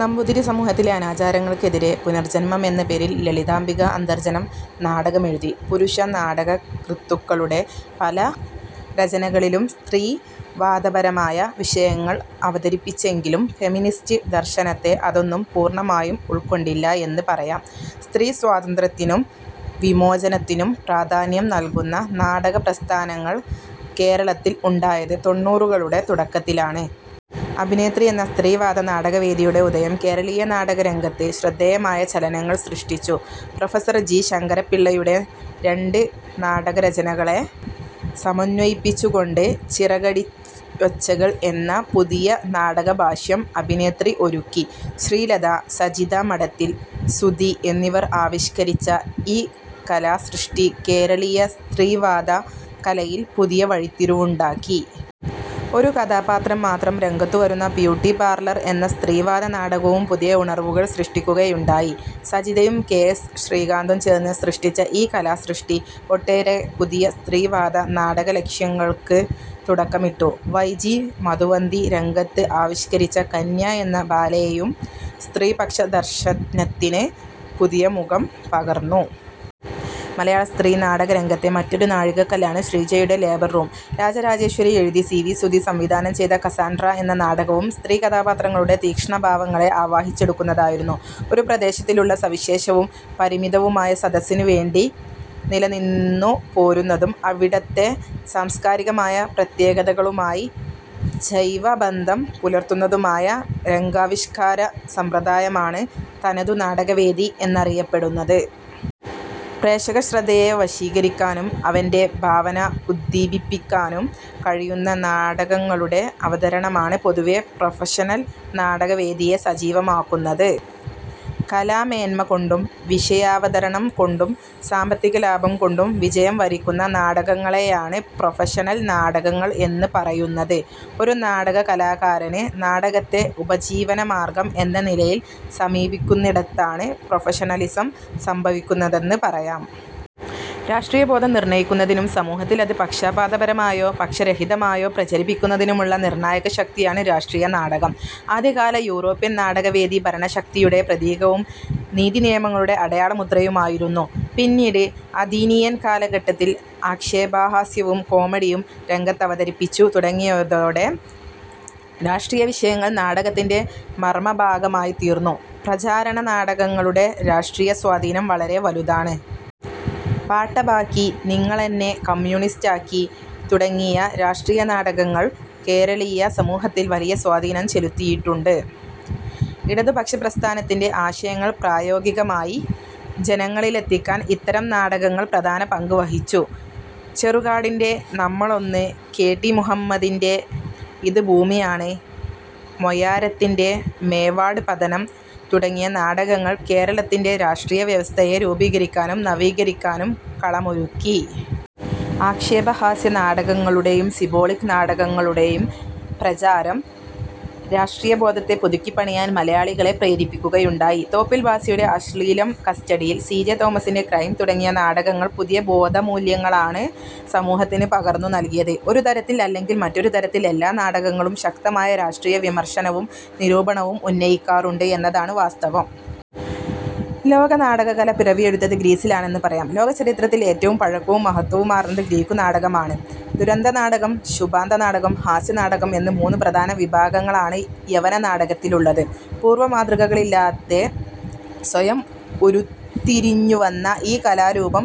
നമ്പൂതിരി സമൂഹത്തിലെ അനാചാരങ്ങൾക്കെതിരെ പുനർജന്മം എന്ന പേരിൽ ലളിതാംബിക അന്തർജനം നാടകമെഴുതി. പുരുഷ നാടകകൃത്തുക്കളുടെ പല രചനകളിലും സ്ത്രീവാദപരമായ വിഷയങ്ങൾ അവതരിപ്പിച്ചെങ്കിലും ഫെമിനിസ്റ്റ് ദർശനത്തെ അതൊന്നും പൂർണമായും ഉൾക്കൊണ്ടില്ല എന്ന് പറയാം. സ്ത്രീ സ്വാതന്ത്ര്യത്തിനും വിമോചനത്തിനും പ്രാധാന്യം നൽകുന്ന നാടകപ്രസ്ഥാനങ്ങൾ കേരളത്തിൽ ഉണ്ടായത് തൊണ്ണൂറുകളുടെ തുടക്കത്തിലാണ്. അഭിനേത്രി എന്ന സ്ത്രീവാദനാടകവേദിയുടെ ഉദയം കേരളീയ നാടകരംഗത്ത് ശ്രദ്ധേയമായ ചലനങ്ങൾ സൃഷ്ടിച്ചു. പ്രൊഫസർ ജി ശങ്കരപ്പിള്ളയുടെ രണ്ട് നാടകരചനകളെ സമന്വയിപ്പിച്ചുകൊണ്ട് ചിറകടിയൊച്ചകൾ എന്ന പുതിയ നാടകഭാഷ്യം അഭിനേത്രി ഒരുക്കി. ശ്രീലത, സജിത മഠത്തിൽ, സുധി എന്നിവർ ആവിഷ്കരിച്ച ഈ കലാസൃഷ്ടി കേരളീയ സ്ത്രീവാദ കലയിൽ പുതിയ വഴിത്തിരിവുണ്ടാക്കി. ഒരു കഥാപാത്രം മാത്രം രംഗത്തുവരുന്ന ബ്യൂട്ടിപാർലർ എന്ന സ്ത്രീവാദ നാടകവും പുതിയ ഉണർവുകൾ സൃഷ്ടിക്കുകയുണ്ടായി. സജിതയും കെ എസ് ശ്രീകാന്തും ചേർന്ന് സൃഷ്ടിച്ച ഈ കലാസൃഷ്ടി, ഒട്ടേറെ പുതിയ സ്ത്രീവാദ നാടകലക്ഷ്യങ്ങൾക്ക് തുടക്കമിട്ടു. വൈ ജി മധുവന്തി രംഗത്ത് ആവിഷ്കരിച്ച കന്യ എന്ന ബാലേയും സ്ത്രീപക്ഷ ദർശനത്തിന് പുതിയ മുഖം പകർന്നു. മലയാള സ്ത്രീനാടകരംഗത്തെ മറ്റൊരു നാഴികക്കല്ലാണ് ശ്രീജയുടെ ലേബർ റൂം. രാജരാജേശ്വരി എഴുതി സി വി സുധി സംവിധാനം ചെയ്ത കസാൻഡ്ര എന്ന നാടകവും സ്ത്രീകഥാപാത്രങ്ങളുടെ തീക്ഷ്ണഭാവങ്ങളെ ആവാഹിച്ചെടുക്കുന്നതായിരുന്നു. ഒരു പ്രദേശത്തിലുള്ള സവിശേഷവും പരിമിതവുമായ സദസ്സിനു വേണ്ടി നിലനിന്നുപോരുന്നതും, അവിടത്തെ സാംസ്കാരികമായ പ്രത്യേകതകളുമായി ജൈവബന്ധം പുലർത്തുന്നതുമായ രംഗാവിഷ്കാര സമ്പ്രദായമാണ് തനതു നാടകവേദി എന്നറിയപ്പെടുന്നത്. പ്രേക്ഷകശ്രദ്ധയെ വശീകരിക്കാനും അവൻ്റെ ഭാവനയെ ഉദ്ദീപിപ്പിക്കാനും കഴിയുന്ന നാടകങ്ങളുടെ അവതരണമാണ് പൊതുവേ പ്രൊഫഷണൽ നാടകവേദിയെ സജീവമാക്കുന്നത്. കലാമേന്മ കൊണ്ടും വിഷയാവതരണം കൊണ്ടും സാമ്പത്തിക ലാഭം കൊണ്ടും വിജയം വരിക്കുന്ന നാടകങ്ങളെയാണ് പ്രൊഫഷണൽ നാടകങ്ങൾ എന്ന് പറയുന്നത്. ഒരു നാടകകലാകാരന് നാടകത്തെ ഉപജീവനമാർഗ്ഗം എന്ന നിലയിൽ സമീപിക്കുന്നിടത്താണ് പ്രൊഫഷണലിസം സംഭവിക്കുന്നതെന്ന് പറയാം. രാഷ്ട്രീയബോധം നിർണയിക്കുന്നതിനും സമൂഹത്തിൽ അത് പക്ഷപാതപരമായോ, പക്ഷരഹിതമായോ പ്രചരിപ്പിക്കുന്നതിനുമുള്ള നിർണായകശക്തിയാണ് രാഷ്ട്രീയ നാടകം. ആദ്യകാല യൂറോപ്യൻ നാടകവേദി ഭരണശക്തിയുടെ പ്രതീകവും നീതിനിയമങ്ങളുടെ അടയാളമുദ്രയുമായിരുന്നു. പിന്നീട്, അഥീനിയൻ കാലഘട്ടത്തിൽ ആക്ഷേപഹാസ്യവും കോമഡിയും രംഗത്തവതരിപ്പിച്ചു തുടങ്ങിയതോടെ, രാഷ്ട്രീയ വിഷയങ്ങൾ നാടകത്തിൻ്റെ മർമഭാഗമായിത്തീർന്നു. പ്രചാരണ നാടകങ്ങളുടെ രാഷ്ട്രീയ സ്വാധീനം വളരെ വലുതാണ്. പാട്ടബാക്കി, നിങ്ങളെന്നെ കമ്യൂണിസ്റ്റാക്കി തുടങ്ങിയ രാഷ്ട്രീയ നാടകങ്ങൾ കേരളീയ സമൂഹത്തിൽ വലിയ സ്വാധീനം ചെലുത്തിയിട്ടുണ്ട്. ഇടതുപക്ഷപ്രസ്ഥാനത്തിൻ്റെ ആശയങ്ങൾ പ്രായോഗികമായി ജനങ്ങളിലെത്തിക്കാൻ ഇത്തരം നാടകങ്ങൾ പ്രധാന പങ്ക് വഹിച്ചു. ചെറുകാടിൻ്റെ നമ്മളൊന്ന്, കെ ടി മുഹമ്മദിൻ്റെ ഇത് ഭൂമിയാണ്, മൊയാരത്തിൻ്റെ മേവാഡ് പതനം തുടങ്ങിയ നാടകങ്ങൾ കേരളത്തിൻ്റെ രാഷ്ട്രീയ വ്യവസ്ഥയെ രൂപീകരിക്കാനും നവീകരിക്കാനും കളമൊരുക്കി. ആക്ഷേപഹാസ്യ നാടകങ്ങളുടെയും സിമ്പോളിക് നാടകങ്ങളുടെയും പ്രചാരം രാഷ്ട്രീയബോധത്തെ പുതുക്കിപ്പണിയാൻ മലയാളികളെ പ്രേരിപ്പിക്കുകയുണ്ടായി. തോപ്പിൽഭാസിയുടെ അശ്ളീലം കസ്റ്റഡിയിൽ, സി ജെ തോമസിൻ്റെ ക്രൈം തുടങ്ങിയ നാടകങ്ങൾ പുതിയ ബോധമൂല്യങ്ങളാണ് സമൂഹത്തിന് പകർന്നു നൽകിയത്. ഒരുതരത്തിൽ അല്ലെങ്കിൽ മറ്റൊരു തരത്തിൽ എല്ലാ നാടകങ്ങളും ശക്തമായ രാഷ്ട്രീയ വിമർശനവും നിരൂപണവും ഉന്നയിക്കാറുണ്ട് എന്നതാണ് വാസ്തവം. ലോകനാടകകല പിറവിയെടുത്തത് ഗ്രീസിലാണെന്ന് പറയാം. ലോകചരിത്രത്തിൽ ഏറ്റവും പഴക്കവും മഹത്ത്വവുമാർന്നത് ഗ്രീക്കുനാടകമാണ്. ദുരന്തനാടകം, ശുഭാന്തനാടകം, ഹാസ്യനാടകം എന്ന് മൂന്നു പ്രധാന വിഭാഗങ്ങളാണ് യവന നാടകത്തിലുള്ളത്. പൂർവ മാതൃകകളില്ലാതെ സ്വയം ഉരുത്തിരിഞ്ഞുവന്ന ഈ കലാരൂപം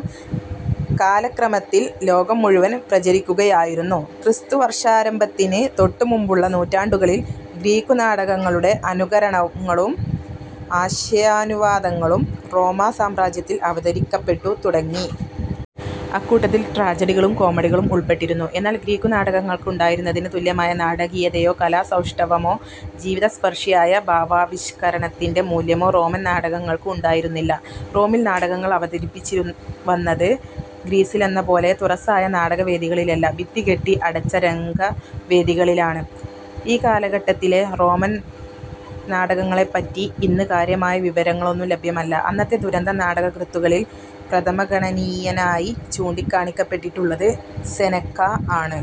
കാലക്രമത്തിൽ ലോകം മുഴുവൻ പ്രചരിക്കുകയായിരുന്നു. ക്രിസ്തുവർഷാരംഭത്തിന് തൊട്ടുമുമ്പുള്ള നൂറ്റാണ്ടുകളിൽ ഗ്രീക്കുനാടകങ്ങളുടെ അനുകരണങ്ങളും ആശയാനുവാദങ്ങളും റോമാ സാമ്രാജ്യത്തിൽ അവതരിക്കപ്പെട്ടു തുടങ്ങി. അക്കൂട്ടത്തിൽ ട്രാജഡികളും കോമഡികളും ഉൾപ്പെട്ടിരുന്നു. എന്നാൽ ഗ്രീക്കുനാടകങ്ങൾക്ക് ഉണ്ടായിരുന്നതിന് തുല്യമായ നാടകീയതയോ കലാസൗഷ്ഠവമോ ജീവിതസ്പർശിയായ ഭാവാവിഷ്കരണത്തിൻ്റെ മൂല്യമോ റോമൻ നാടകങ്ങൾക്ക് ഉണ്ടായിരുന്നില്ല. റോമിൽ നാടകങ്ങൾ അവതരിപ്പിച്ചുവന്നത് ഗ്രീസിലെന്നപോലെ തുറസ്സായ നാടകവേദികളിലല്ല, ഭിത്തികെട്ടി അടച്ച രംഗവേദികളിലാണ്. ഈ കാലഘട്ടത്തിലെ റോമൻ നാടകങ്ങളെപ്പറ്റി ഇന്ന് കാര്യമായ വിവരങ്ങളൊന്നും ലഭ്യമല്ല. അന്നത്തെ ദുരന്ത നാടകകൃത്തുക്കളിൽ പ്രഥമഗണനീയനായി ചൂണ്ടിക്കാണിക്കപ്പെട്ടിട്ടുള്ളത് സെനെക്കാ ആണ്